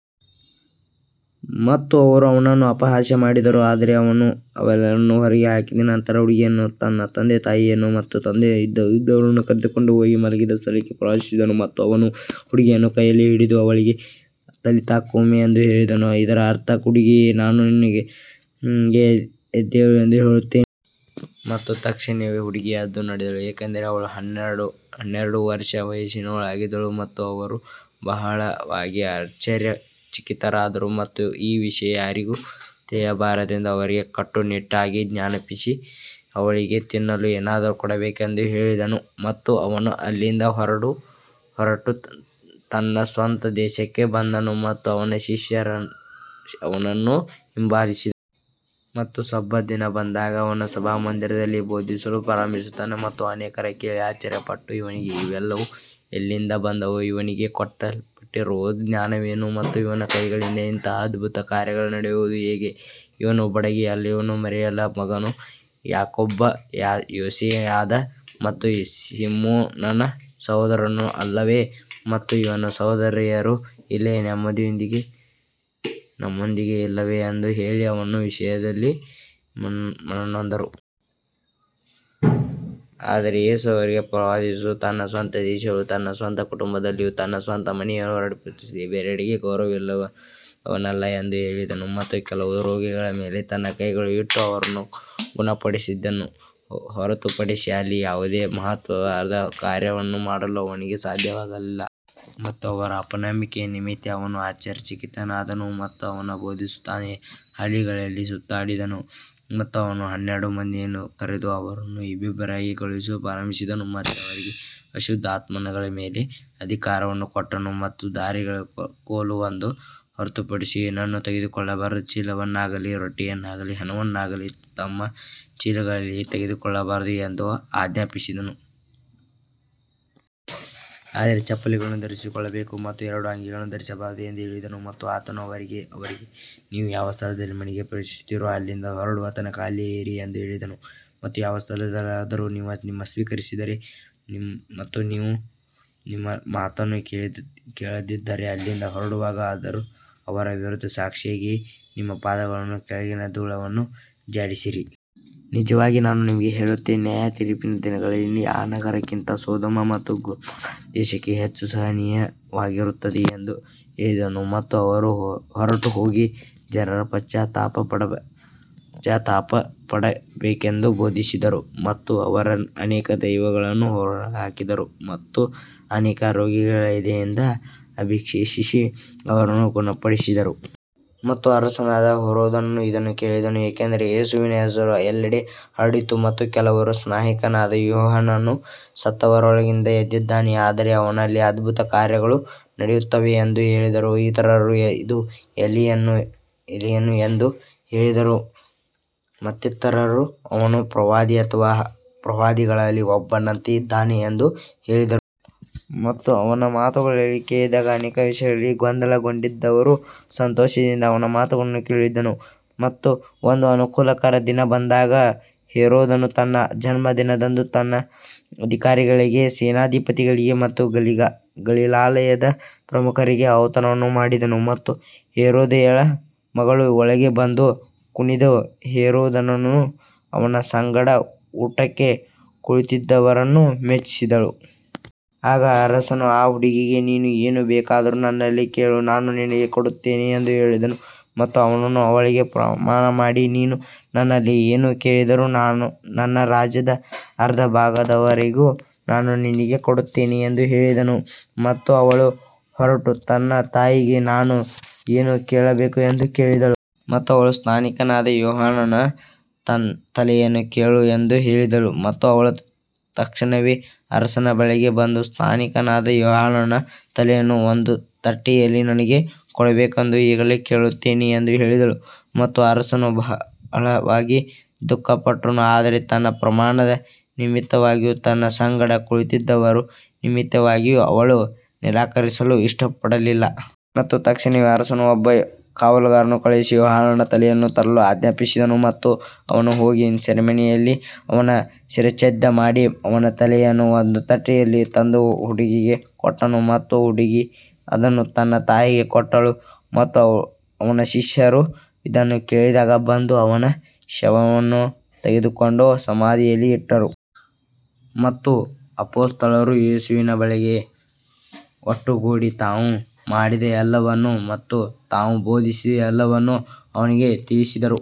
ಮತ್ತು ಅವರು ಅವನನ್ನು ಅಪಹಾಸ್ಯ ಮಾಡಿದರು. ಆದರೆ ಅವನು ಅವರೆಲ್ಲರನ್ನೂ ಹೊರಗೆ ಹಾಕಿದ ನಂತರ ಹುಡುಗಿಯ ತಂದೆ ಮತ್ತು ತಾಯಿಯನ್ನು ಮತ್ತು ತನ್ನೊಂದಿಗೆ ಇದ್ದವರನ್ನು ಕರೆದುಕೊಂಡು ಹುಡುಗಿ ಮಲಗಿದ್ದ ಸ್ಥಳಕ್ಕೆ ಪ್ರವೇಶಿಸಿದನು. ಮತ್ತು ಅವನು ಹುಡುಗಿಯ ಕೈಯನ್ನು ಹಿಡಿದು ಅವಳಿಗೆ, ತಲಿಥಾ ಕೂಮಿ ಎಂದು ಹೇಳಿದನು, ಇದರ ಅರ್ಥ, ಹುಡುಗಿಯೇ, ನಾನು ನಿನಗೆ ಎದ್ದೇಳು ಎಂದು ಹೇಳುತ್ತೇನೆ. ಮತ್ತು ತಕ್ಷಣವೇ ಹುಡುಗಿ ಎದ್ದು ನಡೆದಳು, ಏಕೆಂದರೆ ಅವಳು ಹನ್ನೆರಡು ವರ್ಷ ವಯಸ್ಸಿನವಳಾಗಿದ್ದಳು ಮತ್ತು ಅವರು ಬಹಳವಾಗಿ ಆಶ್ಚರ್ಯಚಕಿತರಾದರು. ಮತ್ತು ಈ ವಿಷಯ ಯಾರಿಗೂ ತಿಳಿಯಬಾರದೆಂದು ಅವರಿಗೆ ಕಟ್ಟುನಿಟ್ಟಾಗಿ ಆಜ್ಞಾಪಿಸಿ, ಅವಳಿಗೆ ತಿನ್ನಲು ಏನಾದರೂ ಕೊಡಬೇಕೆಂದು ಹೇಳಿದನು. ಮತ್ತು ಅವನು ಅಲ್ಲಿಂದ ಹೊರಟು ತನ್ನ ಸ್ವಂತ ದೇಶಕ್ಕೆ ಬಂದನು ಮತ್ತು ಅವನ ಶಿಷ್ಯರು ಅವನನ್ನು ಹಿಂಬಾಲಿಸಿ ಮತ್ತು ಸಬ್ಬತ್ ದಿನ ಬಂದಾಗ ಅವನು ಸಭಾಮಂದಿರದಲ್ಲಿ ಬೋಧಿಸಲು ಪ್ರಾರಂಭಿಸಿದನು. ಮತ್ತು ಅನೇಕರು ಕೇಳಿ ಆಶ್ಚರ್ಯಪಟ್ಟು, ಇವನಿಗೆ ಇವೆಲ್ಲವೂ ಎಲ್ಲಿಂದ ಬಂದವು, ಇವನಿಗೆ ಕೊಡಲ್ಪಟ್ಟಿರುವ ಜ್ಞಾನವೇನು, ಮತ್ತು ಇವನ ಕೈಗಳಿಂದ ಇಂತಹ ಅದ್ಭುತ ಕಾರ್ಯಗಳು ನಡೆಯುವುದು ಹೇಗೆ, ಇವನು ಬಡಗಿ ಅಲ್ಲವೇ, ಮರಿಯಳ ಮಗನೂ ಯಾಕೋಬ, ಯೋಸೇ, ಯೂದ ಮತ್ತು ಸೀಮೋನನ ಸಹೋದರನೂ ಅಲ್ಲವೇ, ಮತ್ತು ಇವನ ಸಹೋದರಿಯರು ಇಲ್ಲಿ ನಮ್ಮೊಂದಿಗೆ ಇಲ್ಲವೇ ಎಂದು ಹೇಳಿ ಅವನ ವಿಷಯದಲ್ಲಿ ಮನನೊಂದರು. ಆದರೆ ಯೇಸು ಅವರಿಗೆ, ಪ್ರವಾದಿಯು ತನ್ನ ಸ್ವಂತ ದೇಶದಲ್ಲಿಯೂ ತನ್ನ ಸ್ವಂತ ಕುಟುಂಬದಲ್ಲಿಯೂ ತನ್ನ ಸ್ವಂತ ಮನೆಯನ್ನು ಹೊರತುಪಡಿಸಿ ಬೇರೆಡೆ ಗೌರವವಿಲ್ಲದವನಲ್ಲ ಎಂದು ಹೇಳಿದನು. ಮತ್ತು ಕೆಲವು ರೋಗಿಗಳ ಮೇಲೆ ತನ್ನ ಕೈಗಳನ್ನು ಇಟ್ಟು ಅವರನ್ನು ಗುಣಪಡಿಸಿದ್ದನ್ನು ಹೊರತುಪಡಿಸಿ ಅಲ್ಲಿ ಯಾವುದೇ ಮಹತ್ತರವಾದ ಕಾರ್ಯವನ್ನು ಮಾಡಲು ಅವನಿಗೆ ಸಾಧ್ಯವಾಗಲಿಲ್ಲ. ಮತ್ತು ಅವರ ಅಪನಂಬಿಕೆಯ ನಿಮಿತ್ತ ಅವನು ಆಶ್ಚರ್ಯಚಕಿತನಾದನು. ಮತ್ತು ಅವನು ಬೋಧಿಸುತ್ತಾ ಹಳ್ಳಿಗಳಲ್ಲಿ ಸುತ್ತಾಡಿದನು. ಮತ್ತು ಅವನು ಹನ್ನೆರಡು ಮಂದಿಯನ್ನು ಕರೆದು ಅವರನ್ನು ಇಬ್ಬಿಬ್ಬರಾಗಿ ಕಳುಹಿಸಲು ಪ್ರಾರಂಭಿಸಿದನು ಮತ್ತು ಅವರಿಗೆ ಅಶುದ್ಧಾತ್ಮಗಳ ಮೇಲೆ ಅಧಿಕಾರವನ್ನು ಕೊಟ್ಟನು. ಮತ್ತು ದಾರಿಗಾಗಿ ಕೋಲು ಒಂದನ್ನು ಹೊರತುಪಡಿಸಿ ಏನನ್ನೂ ತೆಗೆದುಕೊಳ್ಳಬಾರದು, ಚೀಲವನ್ನಾಗಲಿ ರೊಟ್ಟಿಯನ್ನಾಗಲಿ ಹಣವನ್ನಾಗಲಿ ತಮ್ಮ ಚೀಲಗಳಲ್ಲಿ ತೆಗೆದುಕೊಳ್ಳಬಾರದು ಎಂದು ಆಜ್ಞಾಪಿಸಿದನು. ಆದರೆ ಚಪ್ಪಲಿಗಳನ್ನು ಧರಿಸಿಕೊಳ್ಳಬೇಕು ಮತ್ತು ಎರಡು ಅಂಗಿಗಳನ್ನು ಧರಿಸಬಾರದು ಎಂದು ಹೇಳಿದನು. ಮತ್ತು ಆತನು ಅವರಿಗೆ, ನೀವು ಯಾವ ಸ್ಥಳದಲ್ಲಿ ಮನೆಗೆ ಪ್ರವೇಶಿಸುತ್ತೀರೋ, ಅಲ್ಲಿಂದ ಹೊರಡುವ ತನಕ ಅಲ್ಲಿಯೇ ಇರಿ ಎಂದು ಹೇಳಿದನು. ಮತ್ತು ಯಾವ ಸ್ಥಳದಲ್ಲಾದರೂ ಜನರು ನಿಮ್ಮನ್ನು ಸ್ವೀಕರಿಸದಿದ್ದರೆ ಮತ್ತು ನಿಮ್ಮ ಮಾತನ್ನು ಕೇಳದಿದ್ದರೆ, ಅಲ್ಲಿಂದ ಹೊರಡುವಾಗ ಅವರ ವಿರುದ್ಧ ಸಾಕ್ಷಿಯಾಗಿ ನಿಮ್ಮ ಪಾದಗಳ ಕೆಳಗಿನ ಧೂಳನ್ನು ಝಾಡಿಸಿರಿ. ನಿಜವಾಗಿ ನಾನು ನಿಮಗೆ ಹೇಳುತ್ತೇನೆ, ನ್ಯಾಯತೀರ್ಪಿನ ದಿನದಲ್ಲಿ ಆ ನಗರಕ್ಕಿಂತ ಸೊದೋಮ್ ಮತ್ತು ಗೊಮೊರ್ರಾ ದೇಶಕ್ಕೆ ಹೆಚ್ಚು ಸಹನೀಯವಾಗಿರುತ್ತದೆ ಎಂದು ಹೇಳಿದನು. ಮತ್ತು ಅವರು ಹೊರಟುಹೋಗಿ ಜನರು ಪಶ್ಚಾತ್ತಾಪಪಡಬೇಕೆಂದು ಬೋಧಿಸಿದರು. ಮತ್ತು ಅವರು ಅನೇಕ ದೆವ್ವಗಳನ್ನು ಹೊರಹಾಕಿದರು ಮತ್ತು ಅನೇಕ ರೋಗಿಗಳಿಗೆ ಎಣ್ಣೆಯಿಂದ ಅಭಿಷೇಕಿಸಿ ಅವರನ್ನು ಗುಣಪಡಿಸಿದರು. ಮತ್ತು ಅರಸನಾದ ಹೆರೋದನು ಇದನ್ನು ಕೇಳಿದನು, ಏಕೆಂದರೆ ಯೇಸುವಿನ ಹೆಸರು ಎಲ್ಲೆಡೆ ಹರಡಿತ್ತು. ಮತ್ತು ಕೆಲವರು, ಸ್ನಾನಿಕನಾದ ಯೋಹಾನನು ಸತ್ತವರೊಳಗಿಂದ ಎದ್ದಿದ್ದಾನೆ, ಆದ್ದರಿಂದ ಅವನಲ್ಲಿ ಅದ್ಭುತ ಕಾರ್ಯಗಳು ನಡೆಯುತ್ತವೆ ಎಂದು ಹೇಳಿದರು. ಇತರರು, ಇದು ಎಲೀಯನು ಎಂದು ಹೇಳಿದರು. ಮತ್ತಿತರರು, ಅವನು ಪ್ರವಾದಿ ಅಥವಾ ಪ್ರವಾದಿಗಳಲ್ಲಿ ಒಬ್ಬನಂತೆ ಇದ್ದಾನೆ ಎಂದು ಹೇಳಿದರು. ಮತ್ತು ಅವನ ಮಾತುಗಳನ್ನು ಕೇಳಿದಾಗ ಅನೇಕ ವಿಷಯಗಳಲ್ಲಿ ಗೊಂದಲಗೊಂಡಿದ್ದರೂ ಸಂತೋಷದಿಂದ ಅವನ ಮಾತುಗಳನ್ನು ಕೇಳುತ್ತಿದ್ದನು. ಮತ್ತು ಒಂದು ಅನುಕೂಲಕರ ದಿನ ಬಂದಾಗ, ಹೆರೋದನು ತನ್ನ ಜನ್ಮದಿನದಂದು ತನ್ನ ಅಧಿಕಾರಿಗಳಿಗೆ, ಸೇನಾಧಿಪತಿಗಳಿಗೆ ಮತ್ತು ಗಲಿಲಾಯದ ಪ್ರಮುಖರಿಗೆ ಔತಣವನ್ನು ಮಾಡಿದನು. ಮತ್ತು ಹೆರೋದ್ಯಳ ಮಗಳು ಒಳಗೆ ಬಂದು ಕುಣಿದು ಹೆರೋದನನ್ನೂ ಅವನ ಸಂಗಡ ಊಟಕ್ಕೆ ಕುಳಿತಿದ್ದವರನ್ನೂ ಮೆಚ್ಚಿಸಿದಳು. ಆಗ ಅರಸನು ಆ ಹುಡುಗಿಗೆ, ನೀನು ಏನು ಬೇಕಾದರೂ ನನ್ನಲ್ಲಿ ಕೇಳು, ನಾನು ನಿನಗೆ ಕೊಡುತ್ತೇನೆ ಎಂದು ಹೇಳಿದನು. ಮತ್ತು ಅವನು ಅವಳಿಗೆ ಪ್ರಮಾಣಮಾಡಿ, ನೀನು ನನ್ನಲ್ಲಿ ಏನು ಕೇಳಿದರೂ ನನ್ನ ರಾಜ್ಯದ ಅರ್ಧಭಾಗದವರೆಗೂ ನಾನು ನಿನಗೆ ಕೊಡುತ್ತೇನೆ ಎಂದು ಹೇಳಿದನು. ಮತ್ತು ಅವಳು ಹೊರಟು ತನ್ನ ತಾಯಿಗೆ, ನಾನು ಏನು ಕೇಳಬೇಕು ಎಂದು ಕೇಳಿದಳು. ಮತ್ತು ಅವಳು, ಸ್ನಾನಿಕನಾದ ಯೋಹಾನನ ತಲೆಯನ್ನು ಕೇಳು ಎಂದು ಹೇಳಿದಳು. ಮತ್ತು ಅವಳು ತಕ್ಷಣವೇ ಅರಸನ ಬಳಿಗೆ ಬಂದು, ಸ್ನಾನಿಕನಾದ ಯೋಹಾನನ ತಲೆಯನ್ನು ಒಂದು ತಟ್ಟೆಯಲ್ಲಿ ನನಗೆ ಕೊಡಬೇಕೆಂದು ಈಗಲೇ ಕೇಳುತ್ತೇನೆ ಎಂದು ಕೇಳಿದಳು. ಮತ್ತು ಅರಸನು ಬಹಳವಾಗಿ ದುಃಖಪಟ್ಟನು, ಆದರೆ ತನ್ನ ಪ್ರಮಾಣದ ನಿಮಿತ್ತವಾಗಿಯೂ ತನ್ನ ಸಂಗಡ ಕುಳಿತಿದ್ದವರ ನಿಮಿತ್ತವಾಗಿಯೂ ಅವಳನ್ನು ನಿರಾಕರಿಸಲು ಇಷ್ಟಪಡಲಿಲ್ಲ. ಮತ್ತು ತಕ್ಷಣವೇ ಅರಸನು ಒಬ್ಬ ಕಾವಲುಗಾರನನ್ನು ಕಳುಹಿಸಿ ಯೋಹಾನನ ತಲೆಯನ್ನು ತರಲು ಆಜ್ಞಾಪಿಸಿದನು. ಮತ್ತು ಅವನು ಹೋಗಿ ಸೆರೆಮನೆಯಲ್ಲಿ ಅವನ ಶಿರಚ್ಛೇದ ಮಾಡಿ ಅವನ ತಲೆಯನ್ನು ಒಂದು ತಟ್ಟೆಯಲ್ಲಿ ತಂದು ಹುಡುಗಿಗೆ ಕೊಟ್ಟನು. ಮತ್ತು ಹುಡುಗಿ ಅದನ್ನು ತನ್ನ ತಾಯಿಗೆ ಕೊಟ್ಟಳು. ಮತ್ತು ಅವನ ಶಿಷ್ಯರು ಇದನ್ನು ಕೇಳಿದಾಗ ಬಂದು ಅವನ ಶವವನ್ನು ತೆಗೆದುಕೊಂಡು ಸಮಾಧಿಯಲ್ಲಿ ಇಟ್ಟರು. ಮತ್ತು ಅಪೊಸ್ತಲರು ಯೇಸುವಿನ ಬಳಿಗೆ ಒಟ್ಟುಗೂಡಿ ತಾವು ಮಾಡಿದ ಎಲ್ಲವನ್ನೂ ಮತ್ತು ತಾವು ಬೋಧಿಸಿದ ಎಲ್ಲವನ್ನೂ ಅವನಿಗೆ ತಿಳಿಸಿದರು.